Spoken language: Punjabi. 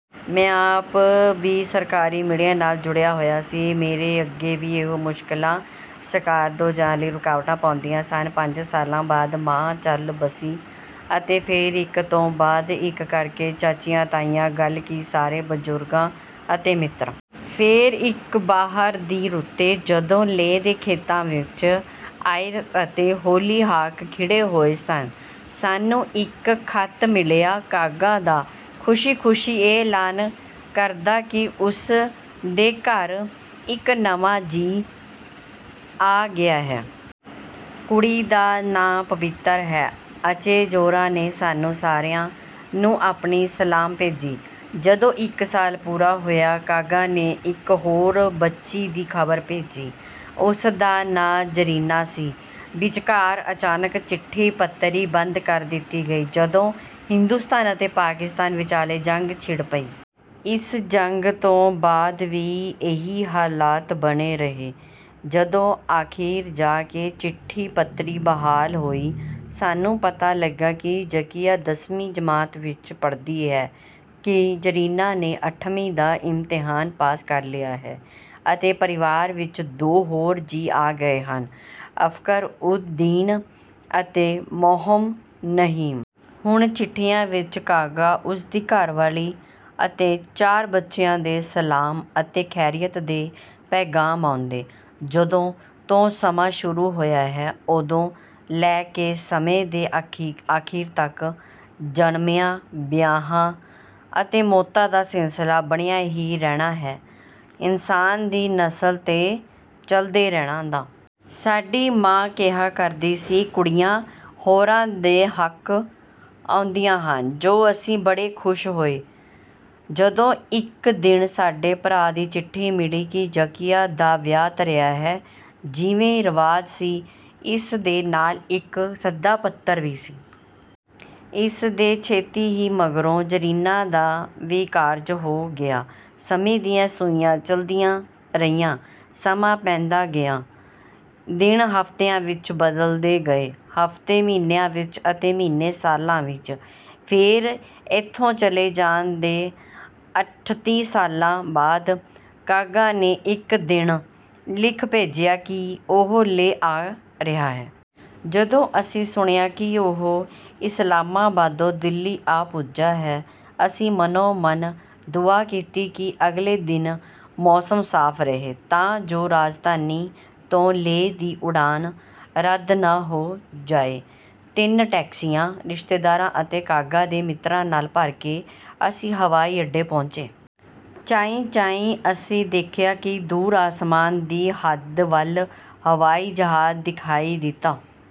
ਮੈਂ ਆਪ ਵੀ ਸਰਕਾਰੀ ਮੀਡੀਆ ਨਾਲ ਜੁੜਿਆ ਹੋਇਆ ਸੀ। ਮੇਰੇ ਅੱਗੇ ਵੀ ਓਹੋ ਮੁਸ਼ਕਿਲਾਂ ਸਕਾਰਦੋ ਜਾਣ ਲਈ ਰੁਕਾਵਟਾਂ ਪਾਉਂਦੀਆਂ ਸਨ। ਪੰਜਾਂ ਸਾਲਾਂ ਬਾਅਦ, ਮਾਂ ਚੱਲ ਵਸੀ ਅਤੇ ਫੇਰ ਇੱਕ ਤੋਂ ਬਾਅਦ ਇੱਕ ਕਰਕੇ ਚਾਚੀਆਂ, ਤਾਈਆਂ, ਗੱਲ ਕੀ ਸਾਰੇ ਬਜ਼ੁਰਗ ਅਤੇ ਮਿੱਤਰ। ਫੇਰ, ਇੱਕ ਬਹਾਰ ਦੀ ਰੁੱਤੇ, ਜਦੋਂ ਲੇਹ ਦੇ ਖੇਤਾਂ ਵਿੱਚ ਆਇਰਿਸ ਅਤੇ ਹੌਲੀਹਾਕ ਖਿੜੇ ਹੋਏ ਸਨ, ਸਾਨੂੰ ਇੱਕ ਖ਼ਤ ਮਿਲਿਆ ਕਾਗਾ ਦਾ, ਖੁਸ਼ੀ-ਖੁਸ਼ੀ ਇਹ ਐਲਾਨ ਕਰਦਾ ਕਿ ਉਸ ਦੇ ਘਰ ਇੱਕ ਨਵਾਂ ਜੀਅ ਆ ਗਿਆ ਹੈ। ਕੁੜੀ ਦਾ ਨਾਂ ਪਵਿੱਤਰ ਹੈ। ਅਚੇ ਜ਼ੋਹਰਾ ਨੇ ਸਾਨੂੰ ਸਾਰਿਆਂ ਨੂੰ ਆਪਣੀ ਸਲਾਮ ਭੇਜੀ। ਜਦੋਂ ਇੱਕ ਸਾਲ ਪੂਰਾ ਹੋਇਆ, ਕਾਗਾ ਨੇ ਇੱਕ ਹੋਰ ਬੱਚੀ ਦੀ ਖ਼ਬਰ ਭੇਜੀ। ਉਸ ਦਾ ਨਾਂ ਜ਼ਰੀਨਾ ਸੀ। ਵਿਚਕਾਰ ਅਚਾਨਕ ਚਿੱਠੀ-ਪੱਤਰੀ ਬੰਦ ਕਰ ਦਿੱਤੀ ਗਈ, ਜਦੋਂ ਹਿੰਦੋਸਤਾਨ ਅਤੇ ਪਾਕਿਸਤਾਨ ਵਿਚਾਲੇ ਜੰਗ ਛਿੜ ਪਈ। ਇਸ ਜੰਗ ਤੋਂ ਬਾਅਦ ਵੀ ਇਹੀ ਹਾਲਾਤ ਬਣੇ ਰਹੇ। ਜਦੋਂ ਅਖ਼ੀਰ ਜਾ ਕੇ ਚਿੱਠੀ-ਪੱਤਰੀ ਬਹਾਲ ਹੋਈ, ਸਾਨੂੰ ਪਤਾ ਲੱਗਾ ਕਿ ਜ਼ਕੀਆ ਦਸਵੀਂ ਜਮਾਤ ਵਿੱਚ ਪੜ੍ਹਦੀ ਹੈ, ਕਿ ਜ਼ਰੀਨਾ ਨੇ ਅੱਠਵੀਂ ਦਾ ਇਮਤਿਹਾਨ ਪਾਸ ਕਰ ਲਿਆ ਹੈ ਅਤੇ ਪਰਿਵਾਰ ਵਿੱਚ ਦੋ ਹੋਰ ਜੀਅ ਆ ਗਏ ਹਨ—ਫ਼ਖ਼ਰ-ਉਦ-ਦੀਨ ਅਤੇ ਮੋਹੰਮਦ ਨਈਮ। ਹੁਣ, ਚਿੱਠੀਆਂ ਵਿੱਚ ਕਾਗਾ, ਉਸ ਦੀ ਘਰਵਾਲੀ ਅਤੇ ਚਾਰ ਬੱਚਿਆਂ ਦੇ ਸਲਾਮ ਅਤੇ ਖੈਰੀਅਤ ਦੇ ਪੈਗ਼ਾਮ ਆਉਂਦੇ। ਜਦੋਂ ਤੋਂ ਸਮਾਂ ਸ਼ੁਰੂ ਹੋਇਆ ਹੈ, ਓਦੋਂ ਲੈ ਕੇ ਸਮੇਂ ਦੇ ਅਖ਼ੀਰ ਤੱਕ, ਜਣਮਿਂਆਂ, ਵਿਆਹਾਂ ਅਤੇ ਮੌਤਾਂ ਦਾ ਸਿਲਸਿਲਾ ਬਣਿਆ ਹੀ ਰਹਿਣਾ ਹੈ, ਇਨਸਾਨ ਦੀ ਨਸਲ ਦੇ ਚੱਲਦੇ ਰਹਿਣ ਦਾ। ਸਾਡੀ ਮਾਂ ਕਿਹਾ ਕਰਦੀ ਸੀ, "ਕੁੜੀਆਂ ਹੋਰਾਂ ਦ ਹੱਕ ਆਂਉਦੀਆਂ ਹਨ," ਜੋ ਅਸੀਂ ਬੜੇ ਖੁਸ਼ ਹੋਏ ਜਦੋਂ ਇੱਕ ਦਿਨ ਸਾਡੇ ਭਰਾ ਦੀ ਚਿੱਠੀ ਮਿਲੀ ਕਿ ਜ਼ਕੀਆ ਦਾ ਵਿਆਹ ਧਰਿਆ ਹੈ। ਜਿਵੇਂ ਰਿਵਾਜ ਸੀ, ਇਸ ਦੇ ਨਾਲ ਇੱਕ ਸੱਦਾ-ਪੱਤਰ ਵੀ ਸੀ। ਇਸ ਦੇ ਛੇਤੀ ਹੀ ਮਗਰੋਂ, ਜ਼ਰੀਨਾ ਦਾ ਵੀ ਕਾਰਜ ਹੋ ਗਿਆ। ਸਮੇਂ ਦੀਆਂ ਸੂਈਆਂ ਚੱਲਦੀਆਂ ਰਹੀਆਂ। ਸਮਾਂ ਪੈਂਦਾ ਗਿਆ। ਦਿਨ ਹਫ਼ਤਿਆਂ ਵਿੱਚ ਬਦਲਦੇ ਗਏ, ਹਫ਼ਤੇ ਮਹੀਨਿਆਂ ਵਿੱਚ ਅਤੇ ਮਹੀਨੇ ਸਾਲਾਂ ਵਿੱਚ। ਫੇਰ, ਇੱਥੋਂ ਚਲੇ ਜਾਣ ਦੇ ਅਠੱਤੀ ਸਾਲਾਂ ਬਾਅਦ, ਕਾਗਾ ਨੇ ਇੱਕ ਦਿਨ ਲਿਖ ਭੇਜਿਆ ਕਿ ਉਹ ਲੇਹ ਆ ਰਿਹਾ ਹੈ। ਜਦੋਂ ਅਸੀਂ ਸੁਣਿਆ ਕਿ ਉਹ ਇਸਲਾਮਾਬਾਦੋਂ ਦਿੱਲੀ ਆ ਪੁੱਜਾ ਹੈ, ਅਸੀਂ ਮਨੋ-ਮਨ ਦੁਆ ਕੀਤੀ ਕਿ ਅਗਲੇ ਦਿਨ ਮੌਸਮ ਸਾਫ਼ ਰਹੇ ਤਾਂ ਜੋ ਰਾਜਧਾਨੀ ਤੋਂ ਲੇਹ ਦੀ ਉਡਾਨ ਰੱਦ ਨਾ ਹੋ ਜਾਏ। ਤਿੰਨ ਟੈਕਸੀਆਂ ਰਿਸ਼ਤੇਦਾਰਾਂ ਅਤੇ ਕਾਗਾ ਦੇ ਮਿੱਤਰਾਂ ਨਾਲ ਭਰ ਕੇ ਅਸੀਂ ਹਵਾਈ ਅੱਡੇ ਪੌਂਚੇ। ਚਾਈਂ-ਚਾਈਂ, ਅਸੀਂ ਦੇਖਿਆ ਕਿ ਦੂਰ ਅਸਮਾਨ ਦੀ ਹੱਦ ਵੱਲ ਹਵਾਈ ਜਹਾਜ਼ ਦਿਖਾਈ ਦਿੱਤਾ...